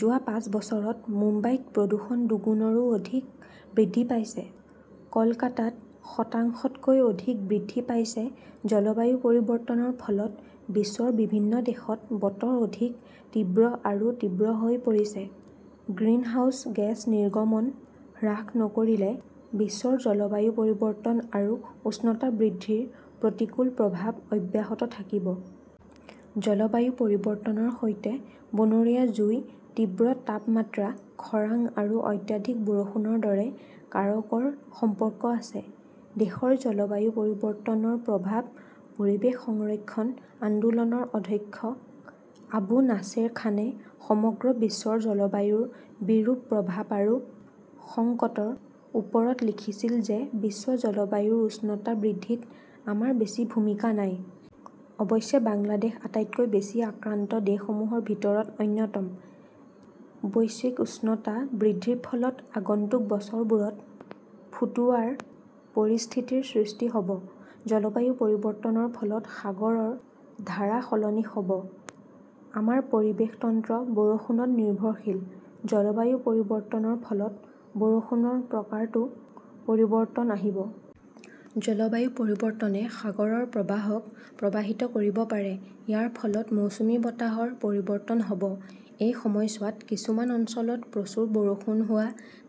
যোৱা পাঁচ বছৰত মুম্বাইত প্ৰদূষণ দুগুণৰো অধিক বৃদ্ধি পাইছে, কলকাতাত শতাংশতকৈ অধিক বৃদ্ধি পাইছে জলবায়ু পৰিৱৰ্তনৰ ফলত বিশ্বৰ বিভিন্ন দেশত বতৰ অধিক তীব্ৰ আৰু তীব্ৰ হৈ পৰিছে। গ্ৰিনহাউজ গেছ নিৰ্গমন হ্ৰাস নকৰিলে বিশ্বৰ জলবায়ু পৰিৱৰ্তন আৰু উষ্ণতা বৃদ্ধিৰ প্ৰতিকূল প্ৰভাৱ অব্যাহত থাকিব। জলবায়ু পৰিৱৰ্তনৰ সৈতে বনৰীয়া জুই, তীব্ৰ তাপমাত্ৰা, খৰাং আৰু অত্যাধিক বৰষুণৰ দৰে কাৰকৰ সম্পৰ্ক আছে। দেশৰ জলবায়ু পৰিৱৰ্তনৰ প্ৰভাৱ পৰিৱেশ সংৰক্ষণ আন্দোলনৰ অধ্যক্ষ আবু নাছেৰ খানে সমগ্ৰ বিশ্বৰ জলবায়ুৰ বিৰূপ প্ৰভাৱ আৰু সংকটৰ ওপৰত লিখিছিল যে বিশ্ব জলবায়ুৰ উষ্ণতা বৃদ্ধিত আমাৰ বেছি ভূমিকা নাই। অৱশ্যে বাংলাদেশ আটাইতকৈ বেছি আক্ৰান্ত দেশসমূহৰ ভিতৰত অন্যতম। বৈশ্বিক উষ্ণতা বৃদ্ধিৰ ফলত আগন্তুক বছৰবোৰত ফুটোৱাৰ পৰিস্থিতিৰ সৃষ্টি হʼব। জলবায়ু পৰিৱৰ্তনৰ ফলত সাগৰৰ ধাৰা সলনি হʼব। আমাৰ পৰিৱেশ তন্ত্ৰ বৰষুণত নিৰ্ভৰশীল। জলবায়ু পৰিৱৰ্তনৰ ফলত বৰষুণৰ প্ৰকাৰতো পৰিৱৰ্তন আহিব। জলবায়ু পৰিৱৰ্তনে সাগৰৰ প্ৰবাহক প্ৰভাৱিত কৰিব পাৰে। ইয়াৰ ফলত মৌচুমী বতাহৰ পৰিৱৰ্তন হʼব। এই সময়ছোৱাত কিছুমান অঞ্চলত প্ৰচুৰ বৰষুণ হোৱা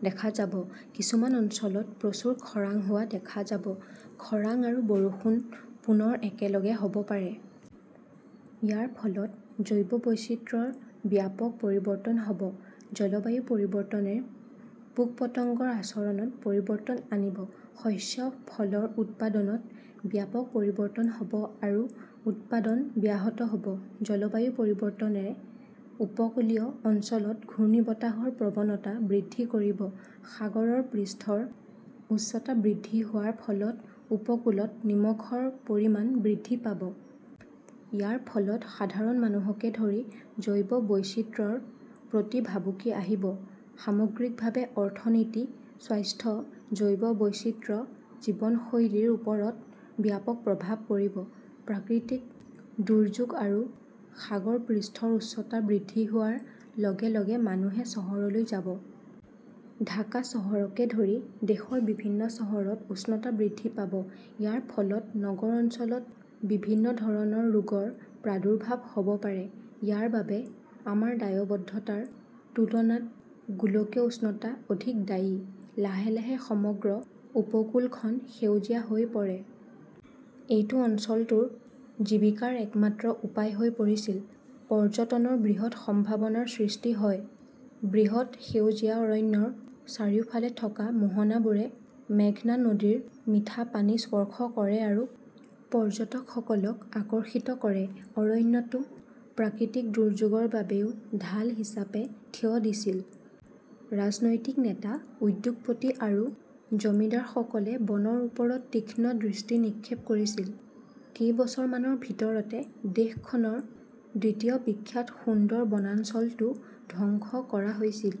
দেখা যাব, কিছুমান অঞ্চলত প্ৰচুৰ খৰাং হোৱা দেখা যাব। খৰাং আৰু বৰষুণ পুনৰ একেলগে হʼব পাৰে। ইয়াৰ ফলত জৈৱ বৈচিত্ৰ্যৰ ব্যাপক পৰিৱৰ্তন হʼব। জলবায়ু পৰিৱৰ্তনে পোক-পতংগৰ আচৰণত পৰিৱৰ্তন আনিব। শস্য, ফলৰ উৎপাদনত ব্যাপক পৰিৱৰ্তন হʼব আৰু উৎপাদন ব্যাহত হʼব। জলবায়ু পৰিৱৰ্তনে উপকূলীয় অঞ্চলত ঘূৰ্ণীবতাহৰ প্ৰৱণতা বৃদ্ধি কৰিব। সাগৰৰ পৃষ্ঠৰ উচ্চতা বৃদ্ধি হোৱাৰ ফলত উপকূলত নিমখৰ পৰিমাণ বৃদ্ধি পাব। ইয়াৰ ফলত সাধাৰণ মানুহকে ধৰি জৈৱ বৈচিত্ৰ্যৰ প্ৰতি ভাবুকি আহিব। সামগ্ৰিকভাৱে অৰ্থনীতি, স্বাস্থ্য, জৈৱ বৈচিত্ৰ্য, জীৱনশৈলীৰ ওপৰত ব্যাপক প্ৰভাৱ পৰিব। প্ৰাকৃতিক দুৰ্যোগ আৰু সাগৰ পৃষ্ঠৰ উচ্চতা বৃদ্ধি হোৱাৰ লগে লগে মানুহে চহৰলৈ যাব। ঢাকা চহৰকে ধৰি দেশৰ বিভিন্ন চহৰত উষ্ণতা বৃদ্ধি পাব। ইয়াৰ ফলত নগৰ অঞ্চলত বিভিন্ন ধৰণৰ ৰোগৰ প্ৰাদুৰ্ভাৱ হʼব পাৰে। ইয়াৰ বাবে আমাৰ দায়বদ্ধতাৰ তুলনাত গোলকীয় উষ্ণতা অধিক দায়ী। লাহে লাহে সমগ্ৰ উপকূলখন সেউজীয়া হৈ পৰে। এইটো অঞ্চলটোৰ জীৱিকাৰ একমাত্ৰ উপায় হৈ পৰিছিল। পৰ্যটনৰ বৃহৎ সম্ভাৱনাৰ সৃষ্টি হয়। বৃহৎ সেউজীয়া অৰণ্যৰ চাৰিওফালে থকা মোহনাবোৰে মেঘনা নদীৰ মিঠা পানী স্পৰ্শ কৰে আৰু পৰ্যটকসকলক আকৰ্ষিত কৰে। অৰণ্যটো প্ৰাকৃতিক দুৰ্যোগৰ বাবেও ঢাল হিচাপে থিয় দিছিল। ৰাজনৈতিক নেতা, উদ্যোগপতি আৰু জমিদাৰসকলে বনৰ ওপৰত তীক্ষ্ণ দৃষ্টি নিক্ষেপ কৰিছিল। কেইবছৰমানৰ ভিতৰতে দেশখনৰ দ্বিতীয় বিখ্যাত সুন্দৰ বনাঞ্চলটো ধ্বংস কৰা হৈছিল।